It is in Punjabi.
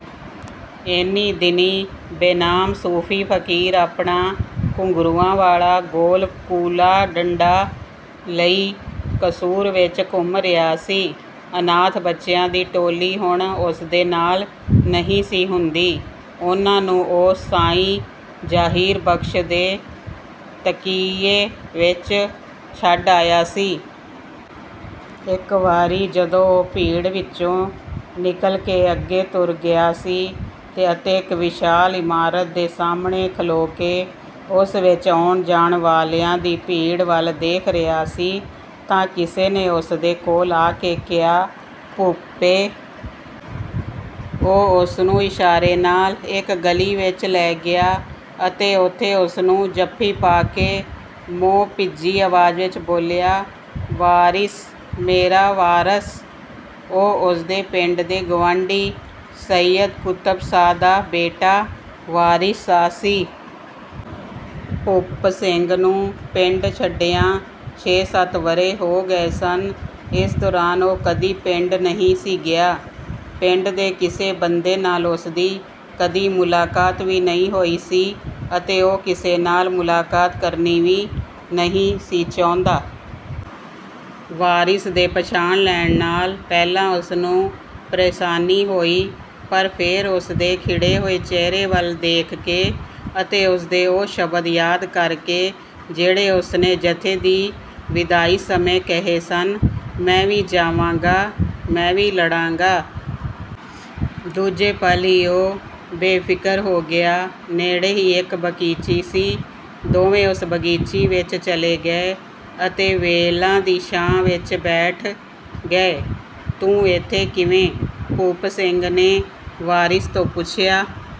ਇਹਨੀਂ-ਦਿਨੀਂ ਬੇਨਾਮ ਸੂਫੀ ਫਕੀਰ ਆਪਣਾ ਘੁੰਗਰੂਆਂ ਵਾਲਾ ਗੋਲ ਕੂਲਾ ਡੰਡਾ ਲਈ ਕਸੂਰ ਵਿੱਚ ਘੁੰਮ ਰਿਹਾ ਸੀ। ਅਨਾਥ ਬੱਚਿਆਂ ਦੀ ਟੋਲੀ ਹੁਣ ਉਸਦੇ ਨਾਲ ਨਹੀਂ ਸੀ ਹੁੰਦੀ। ਉਹਨਾਂ ਨੂੰ ਉਹ ਸਾਈਂ ਜਹੀਰ ਬਖ਼ਸ਼ ਦੇ ਤਕੀਏ ਵਿੱਚ ਛੱਡ ਆਇਆ ਸੀ। ਇੱਕ ਵਾਰੀ ਜਦੋਂ ਉਹ ਭੀੜ ਵਿੱਚੋਂ ਨਿਕਲ ਕੇ ਅੱਗੇ ਤੁਰ ਗਿਆ ਸੀ ਅਤੇ ਇੱਕ ਵਿਸ਼ਾਲ ਇਮਾਰਤ ਦੇ ਸਾਹਮਣੇ ਖਲੋ ਕੇ ਉਸ ਵਿੱਚ ਆਉਣ-ਜਾਣ ਵਾਲਿਆਂ ਦੀ ਭੀੜ ਵੱਲ ਦੇਖ ਰਿਹਾ ਸੀ ਤਾਂ ਕਿਸੇ ਨੇ ਉਸਦੇ ਕੋਲ ਆ ਕੇ ਕਿਹਾ, "ਭੂਪੇ।" ਉਹ ਉਸਨੂੰ ਇਸ਼ਾਰੇ ਨਾਲ ਇੱਕ ਗਲੀ ਵਿੱਚ ਲੈ ਗਿਆ ਅਤੇ ਉੱਥੇ ਉਸਨੂੰ ਜੱਫੀ ਪਾ ਕੇ ਮੋਹ-ਭਿੱਜੀ ਆਵਾਜ਼ ਵਿੱਚ ਬੋਲਿਆ, "ਵਾਰਿਸ! ਮੇਰਾ ਵਾਰਸ!" ਉਹ ਉਸਦੇ ਪਿੰਡ ਦੇ ਗੁਆਂਢੀ ਸੱਯਦ ਕੁਤਬ ਸ਼ਾਹ ਦਾ ਬੇਟਾ, ਵਾਰਿਸ ਸ਼ਾਹ ਸੀ। ਭੂਪ ਸਿੰਘ ਨੂੰ ਪਿੰਡ ਛੱਡਿਆਂ ਛੇ-ਸੱਤ ਵਰ੍ਹੇ ਹੋ ਗਏ ਸਨ। ਇਸ ਦੌਰਾਨ ਉਹ ਕਦੀ ਪਿੰਡ ਨਹੀਂ ਸੀ ਗਿਆ। ਪਿੰਡ ਦੇ ਕਿਸੇ ਬੰਦੇ ਨਾਲ ਉਸਦੀ ਕਦੀ ਮੁਲਾਕਾਤ ਵੀ ਨਹੀਂ ਹੋਈ ਸੀ ਅਤੇ ਉਹ ਕਿਸੇ ਨਾਲ ਮੁਲਾਕਾਤ ਕਰਨੀ ਵੀ ਨਹੀਂ ਸੀ ਚਾਹੁੰਦਾ। ਵਾਰਿਸ ਦੇ ਪਛਾਣ ਲੈਣ ਨਾਲ ਪਹਿਲਾਂ ਉਸਨੂੰ ਪ੍ਰੇਸ਼ਾਨੀ ਹੋਈ ਪਰ ਫੇਰ ਉਸਦੇ ਖਿੜੇ ਹੋਏ ਚਿਹਰੇ ਵੱਲ ਦੇਖ ਕੇ ਅਤੇ ਉਸਦੇ ਉਹ ਸ਼ਬਦ ਯਾਦ ਕਰਕੇ ਜਿਹੜੇ ਉਸਨੇ ਜੱਥੇ ਦੀ ਵਿਦਾਈ ਸਮੇਂ ਕਹੇ ਸਨ, "ਮੈਂ ਵੀ ਜਾਵਾਂਗਾ, ਮੈਂ ਵੀ ਲੜਾਂਗਾ।" ਦੂਜੇ ਪਲ ਹੀ ਉਹ ਬੇਫਿਕਰ ਹੋ ਗਿਆ। ਨੇੜੇ ਹੀ ਇੱਕ ਬਗੀਚੀ ਸੀ। ਦੋਵੇਂ ਉਸ ਬਗੀਚੀ ਵਿੱਚ ਚਲੇ ਗਏ ਅਤੇ ਵੇਲਾਂ ਦੀ ਛਾਂ ਵਿੱਚ ਬੈਠ ਗਏ। "ਤੂੰ ਇੱਥੇ ਕਿਵੇਂ?" ਭੂਪ ਸਿੰਘ ਨੇ ਵਾਰਿਸ ਤੋਂ ਪੁੱਛਿਆ।